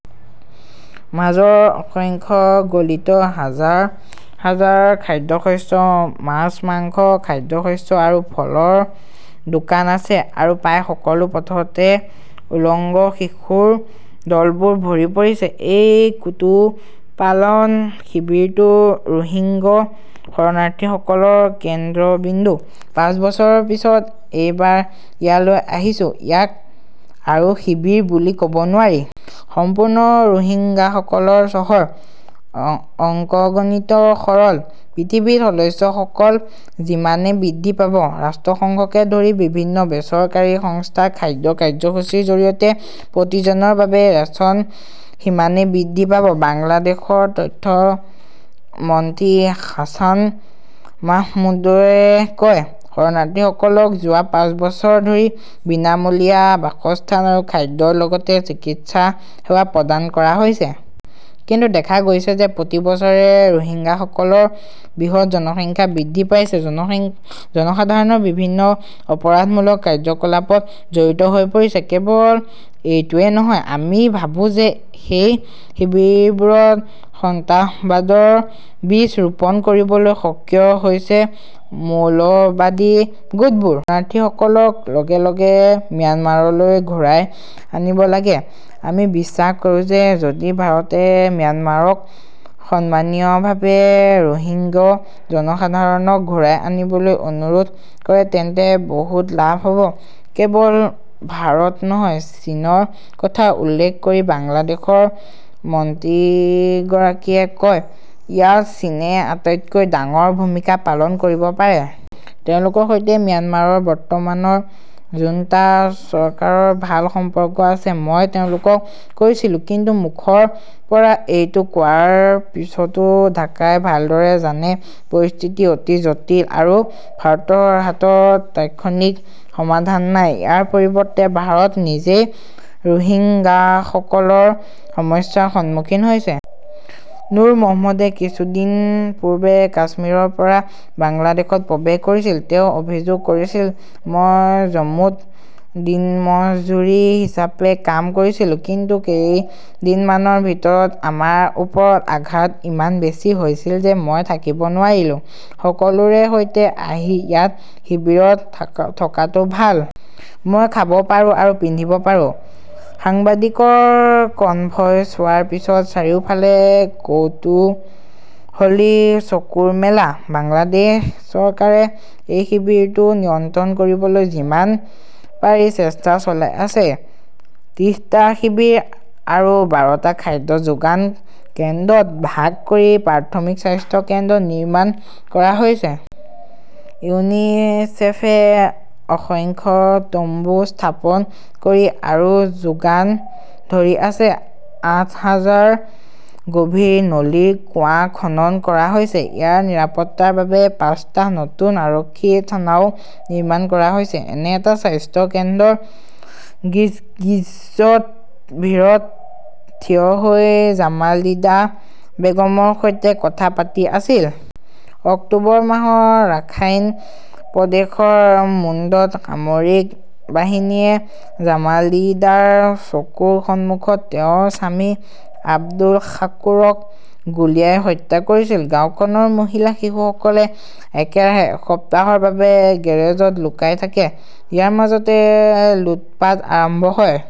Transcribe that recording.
মাজৰ অসংখ্য গলিত হাজাৰ হাজাৰ খাদ্যশস্য, মাছ-মাংস, খাদ্যশস্য আৰু ফলৰ দোকান আছে। আৰু প্ৰায় সকলো পথতে উলংগ শিশুৰ দলবোৰ ভৰি পৰিছে। এই কুতুপালান শিবিৰটো ৰোহিংগ্যা শৰণাৰ্থীসকলৰ কেন্দ্ৰবিন্দু। পাঁচ বছৰৰ পিছত এইবাৰ ইয়ালৈ আহিছোঁ, ইয়াক আৰু শিবিৰ বুলি কব নোৱাৰি। সম্পূৰ্ণ ৰোহিংগাসকলৰ চহৰ। অংকগণিত সৰল। পৃথিৱীত সদস্যসকল যিমানে বৃদ্ধি পাব, ৰাষ্ট্ৰসংঘকে ধৰি বিভিন্ন বেচৰকাৰী সংস্থাৰ খাদ্য কাৰ্যসূচীৰ জৰিয়তে প্ৰতিজনৰ বাবে ৰেচন সিমানেই বৃদ্ধি পাব। বাংলাদেশৰ তথ্য মন্ত্ৰী হাছান মাহমুদই কয়, শৰণাৰ্থীসকলক যোৱা পাঁচ বছৰ ধৰি বিনামূলীয়া বাসস্থান আৰু খাদ্যৰ লগতে চিকিৎসা সেৱা প্ৰদান কৰা হৈছে। কিন্তু দেখা গৈছে যে প্ৰতি বছৰে ৰোহিংগাসকলৰ বৃহৎ জনসংখ্যা বৃদ্ধি পাইছে। জনসাধাৰণ বিভিন্ন অপৰাধমূলক কাৰ্যকলাপত জড়িত হৈ পৰিছে। কেৱল এইটোৱেই নহয়, আমি ভাবো যে সেই শিবিৰবোৰত সন্ত্ৰাসবাদৰ বীজ ৰোপণ কৰিবলৈ সক্ৰিয় হৈছে মৌলবাদী গোটবোৰ। শৰণাৰ্থীসকলক লগে লগে ম্যানমাৰলৈ ঘূৰাই আনিব লাগে। আমি বিশ্বাস কৰোঁ যে যদি ভাৰতে ম্যানমাৰক সন্মানীয়ভাৱে ৰোহিংগ্যা জনসাধাৰণক ঘূৰাই আনিবলৈ অনুৰোধ কৰে তেন্তে বহুত লাভ হ'ব। কেৱল ভাৰত নহয়, চীনৰ কথা উল্লেখ কৰি বাংলাদেশৰ মন্ত্ৰীগৰাকীয়ে কয়, ইয়াত চীনে আটাইতকৈ ডাঙৰ ভূমিকা পালন কৰিব পাৰে। তেওঁলোকৰ সৈতে ম্যানমাৰৰ বৰ্তমানৰ জুন্টা চৰকাৰৰ ভাল সম্পৰ্ক আছে। মই তেওঁলোকক কৈছিলো। কিন্তু মুখৰ পৰা এইটো কোৱাৰ পিছতো ঢাকাই ভালদৰে জানে, পৰিস্থিতি অতি জটিল আৰু ভাৰতৰ হাতত তাৎক্ষণিক সমাধান নাই। ইয়াৰ পৰিৱৰ্তে ভাৰত নিজেই ৰোহিংগাসকলৰ সমস্যাৰ সন্মুখীন হৈছে। নুৰ মহম্মদে কিছুদিন পূৰ্বে কাশ্মীৰৰ পৰা বাংলাদেশত প্ৰৱেশ কৰিছিল। তেওঁ অভিযোগ কৰিছিল, মই জম্মুত দিনমজুৰি হিচাপে কাম কৰিছিলো। কিন্তু কেইদিনমানৰ ভিতৰত আমাৰ ওপৰত আঘাত ইমান বেছি হৈছিল যে মই থাকিব নোৱাৰিলো। সকলোৰে সৈতে আহি ইয়াত শিবিৰত থকাটো ভাল। মই খাব পাৰো আৰু পিন্ধিব পাৰো। সাংবাদিকৰ কনভয় চোৱাৰ পিছত চাৰিওফালে কৌতুহলী চকুৰ মেলা। বাংলাদেশ চৰকাৰে এই শিবিৰটো নিয়ন্ত্ৰণ কৰিবলৈ যিমান পাৰি চেষ্টা চলাই আছে। ত্ৰিশটা শিবিৰ আৰু বাৰটা খাদ্য যোগান কেন্দ্ৰত ভাগ কৰি প্ৰাথমিক স্বাস্থ্য কেন্দ্ৰ নিৰ্মাণ কৰা হৈছে। ইউনিছেফে অসংখ্য তম্বু স্থাপন কৰি আৰু যোগান ধৰি আছে। আঠ হাজাৰ গভীৰ নলীৰ কুঁৱা খনন কৰা হৈছে। ইয়াৰ নিৰাপত্তাৰ বাবে পাঁচটা নতুন আৰক্ষী থানাও নিৰ্মাণ কৰা হৈছে। এনে এটা স্বাস্থ্য কেন্দ্ৰৰ গিজগিজত ভীৰত থিয় হৈ জামালিদা বেগমৰ সৈতে কথা পাতি আছিল। অক্টোবৰ মাহত ৰাখাইন প্ৰদেশৰ মণ্ডুত সামৰিক বাহিনীয়ে জামালিদাৰ চকুৰ সন্মুখত তেওঁৰ স্বামী আব্দুল শাকুৰক গুলীয়াই হত্যা কৰিছিল। গাওঁখনৰ মহিলা-শিশুসকলে একেৰাহে এসপ্তাহৰ বাবে গেৰেজত লুকাই থাকে। ইয়াৰ মাজতে লুটপাট আৰম্ভ হয়।